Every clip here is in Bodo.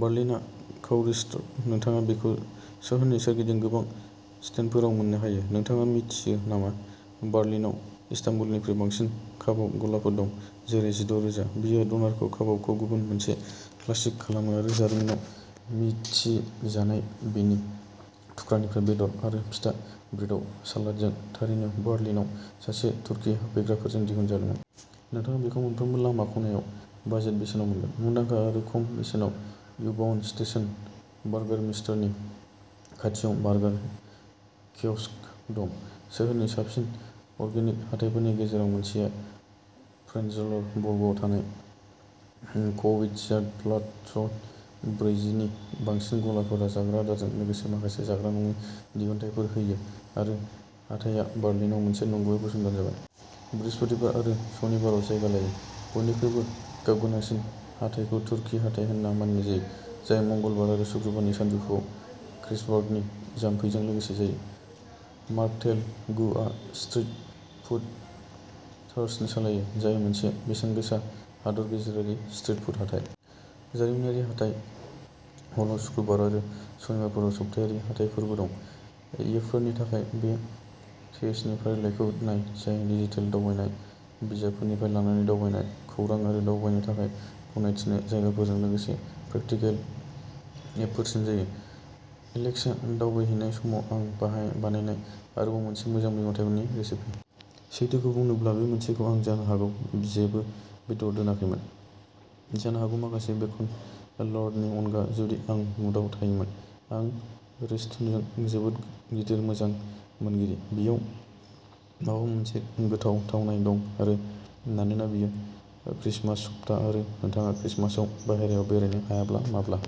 बार्लिना कारिउर्स्ट। नोंथाङा बेखौ सोहोरनि सोरगिदिं गोबां स्टेन्डफोराव मोननो हायो। नोंथाङा मिथियो नामा बार्लिनाव इस्तानबुलनिख्रुइ बांसिन काबाब गलाफोर दं जेरै जिद' रोजा। बेयो ड'नार काबाबखौ गुबुन मोनसे क्लासिक खालामो आरो जार्मानियाव मिथिजानाय बेनि थुख्रानिफ्राय बेदर आरो पिटा ब्रेडआव सालादजों, थारैनो बार्लिनाव सासे तुर्की हाबफैग्राजों दिहुनजादोंमोन। नोंथाङा बेखौ मोनफ्रोमबो लामा खनायाव बाजेट बेसेनाव मोनगोन। मुंदांखा आरो खम बेसेनाव इउ-बाहान स्टेशन, बार्गारमिस्टारनि खाथियाव बार्गार कियस्क दं। सोहोरनि साबसिन अर्गेनिक हाथाइफोरनि गेजेराव मोनसेआ प्रेनज्लाउर बर्गआव थानाय कलविट्जप्लात्ज। ब्रैजि नि बांसिन गलाफोरा जाग्रा आदारजों लोगोसे माखासे जाग्रा नङि दिहुनथायफोर होयो आरो हाथाया बार्लिनाव मोनसे नंगुबै फसंथान जाबाय। बृहस्पतिबार आरो सनिबाराव जायगा लायो। बयनिख्रुइबो गाबगोनांसिन हाथाइखौ तुर्की हाथाइ होनना मानिनाय जायो, जाय मंगलबार आरो सुक्रुबारनि सानजौफुआव क्रेजबार्गनि जाम्फैजों लोगोसे जायो। मार्कथेल गु आ स्ट्रीट फुड थार्सडेस सालायो, जाय मोनसे बेसेनगोसा हादोर गेजेरारि स्ट्रीट फुड हाथाइ। जारिमिनारि हाथाइ हलाव सुक्रुबार आरो सनिबारफोराव सप्तायारि हाथायफोरबो दं। एपफोरनि थाखाय बे टिप्सनि फारिलाइखौ नाय, जाय डिजिटेल दावबायनाय बिजाबफोरनिफ्राय लानानै दावबायनाय, खौरां आरो दावबायनो थाखाय गनायथिनाय जायगाफोरजों लोगोसे प्रेकटिकल एपफोरसिम जायो। एलेक्सआ दावबायहैनाय समाव आं बाहाय बानायनाय आरोबाव मोनसे मोजां मैगं-थाइगंनि रेसिपि। सैथोखौ बुंनोब्ला, बे मोनसेखौ आं जानो हागौ जेबो बेदर दोनाखैमोन। जानो हागौ माखासे बेकन लार्डननि अनगा जुदि आं मुडआव थायोमोन। आं रिस'ट'नि जोबोद गिदिर मोजां मोनगिरि, बेयाव माबा मोनसे गोथाव थावनाय दं आरो मानोना बेयो क्रिसमास सप्ता आरो नोंथाङा क्रिसमासआव बाहेरायाव बेरायनो हायाब्ला माब्ला?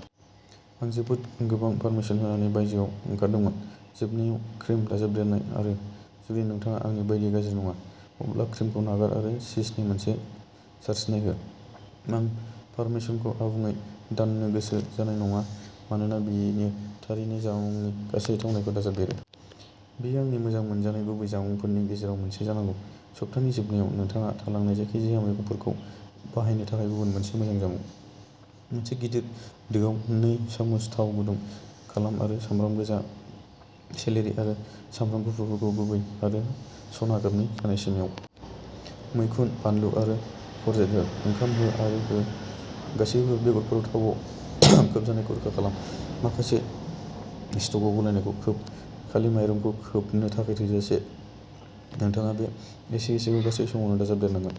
आं जोबोद गोबां पार्मेसान होनानै बायजोआव ओंखारदोंमोन। जोबनायाव क्रिम दाजाबदेरनाय आरो। जुदि नोंथाङा आंनि बायदि गाज्रि नङा, अब्ला क्रिमखौ नागार आरो चीजनि मोनसे सारस्रिनाय हो। आं पारमेसानखौ आबुङै दाननो गोसो जानाय नङा मानोना बेयो थारैनो जामुंनि गासै थावनायखौ दाजाबदेरो। बेयो आंनि मोजां मोनजानाय गुबै जामुंफोरनि गेजेराव मोनसे जानांगौ, सप्तानि जोबनायाव नोंथाङा थालांनाय जायखिजाया मैगंफोरखौ बाहायनो थाखाय गुबुन मोनसे मोजां जामुं। मोनसे गिदिर दोआव नै सामुस थाव गुदुं खालाम आरो सामब्राम गोजा, सेलेरि आरो सामब्राम गुफुरखौ गुरै आरो सना गाबनि जानायसिम एव। मैखुन, बानलु आरो करजेट हो। ओंखाम हो आरो हो, गासैबो बेगरफोरा थावाव खोबजानायखौ रोखा खालाम। माखासे स्टकआव गलायनायखौ खोब, खालि माइरंखौ खोबनो थाखाय थोजासे, नोंथाङा बे एसे-एसेखौ गासै समाव दाजाबदेरनांगोन।